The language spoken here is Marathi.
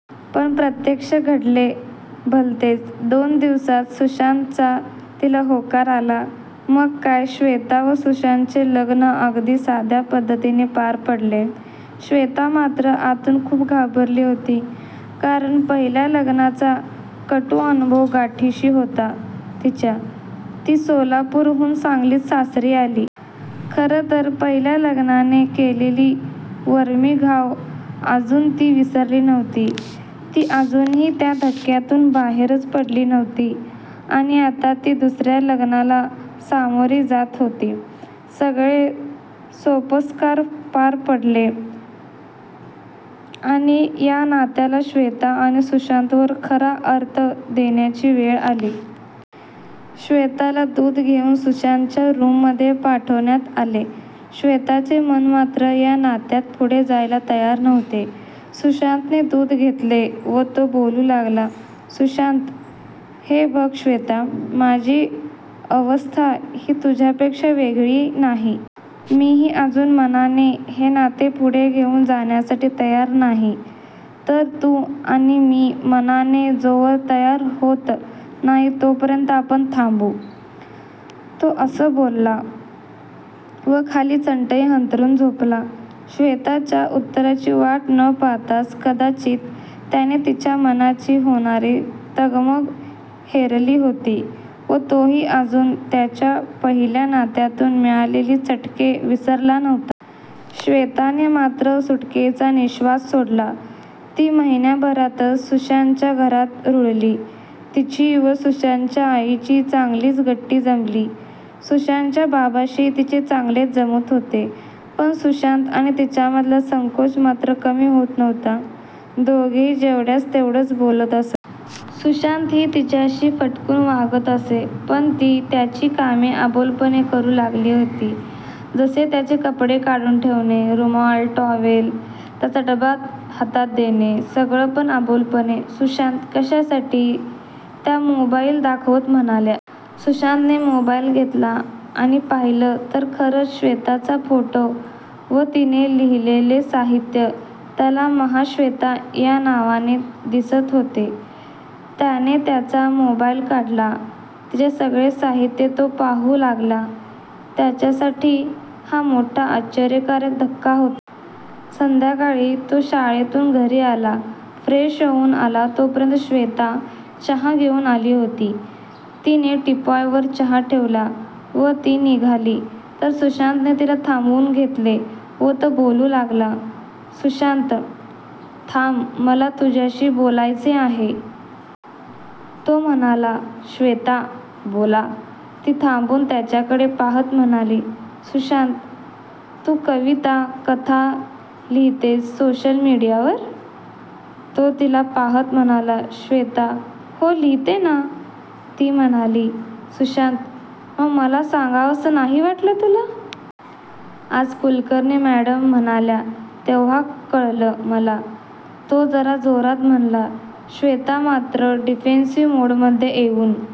पण प्रत्यक्ष घडले भलतेच, दोन दिवसांत सुशांतचा तिला होकार आला. मग काय, श्वेता व सुशांतचे लग्न अगदी साध्या पद्धतीने पार पडले. श्वेता मात्र आतून खूप घाबरली होती. कारण पहिल्या लग्नाचा कटू अनुभव गाठीशी होता तिच्या; ती सोलापूरहून सांगलीत सासरी आली. खरं तर पहिल्या लग्नाने केलेले वरमी घाव अजून ती विसरली नव्हती. ती अजूनही त्या धक्क्यातून बाहेरच पडली नव्हती. आणि आता ती दुसऱ्या लग्नाला सामोरी जात होती. सगळे सोपस्कार पार पडले आणि या नात्याला श्वेता आणि सुशांतवर खरा अर्थ देण्याची वेळ आली. श्वेताला दूध घेऊन सुशांतच्या रूममध्ये पाठवण्यात आले. श्वेताचे मन मात्र या नात्यात पुढे जायला तयार नव्हते. सुशांतने दूध घेतले व तो बोलू लागला. सुशांत, हे बघ श्वेता, माझी अवस्था ही तुझ्यापेक्षा वेगळी नाही. मीही अजून मनाने हे नाते पुढे घेऊन जाण्यासाठी तयार नाही, तर तू आणि मी मनाने जोवर तयार होत नाही तोपर्यंत आपण थांबू! तो असं बोलला व खाली चटई अंथरून झोपला, श्वेताच्या उत्तराची वाट न पाहताच, कदाचित त्याने तिच्या मनाची होणारी तगमग हेरली होती व तोही अजून त्याच्या पहिल्या नात्यातून मिळालेले चटके विसरला नव्हता. श्वेताने मात्र सुटकेचा निःश्वास सोडला. ती महिन्याभरातच सुशांतच्या घरात रुळली. तिची व सुशांतच्या आईची चांगलीच गट्टी जमली. सुशांतच्या बाबांशीही तिचे चांगलेच जमत होते. पण सुशांत आणि तिच्यामधला संकोच मात्र कमी होत नव्हता. दोघेही जेवढ्यास-तेवढेच बोलत असत. सुशांतही तिच्याशी फटकून वागत असे. पण ती त्याची कामे अबोलपणे करू लागली होती. जसे त्याचे कपडे काढून ठेवणे, रुमाल, टॉवेल, त्याचा डबा हातात देणे, सगळं पण अबोलपणे. सुशांत, कशासाठी! त्या मोबाईल दाखवत म्हणाल्या. सुशांतने मोबाईल घेतला आणि पाहिलं तर खरंच श्वेताचा फोटो व तिने लिहिलेले साहित्य त्याला महाश्वेता या नावाने दिसत होते. त्याने त्याचा मोबाईल काढला, तिचे सगळे साहित्य तो पाहू लागला. त्याच्यासाठी हा मोठा आश्चर्यकारक धक्का होता. संध्याकाळी तो शाळेतून घरी आला. फ्रेश होऊन आला तोपर्यंत श्वेता चहा घेऊन आली होती. तिने टीपॉयवर चहा ठेवला व ती निघाली तर सुशांतने तिला थांबवून घेतले व तो बोलू लागला. सुशांत, थांब, मला तुझ्याशी बोलायचे आहे? तो म्हणाला. श्वेता, बोला! ती थांबून त्याच्याकडे पाहत म्हणाली. सुशांत, तू कविता, कथा लिहितेस सोशल मीडियावर? तो तिला पाहत म्हणाला. श्वेता, हो लिहिते ना! ती म्हणाली. सुशांत, मग मला सांगावंसं नाही वाटलं तुला? आज कुलकर्णी मॅडम म्हणाल्या तेव्हा कळलं मला, तो जरा जोरात म्हणाला. श्वेता मात्र डिफेन्सिव्ह मोडमध्ये येऊन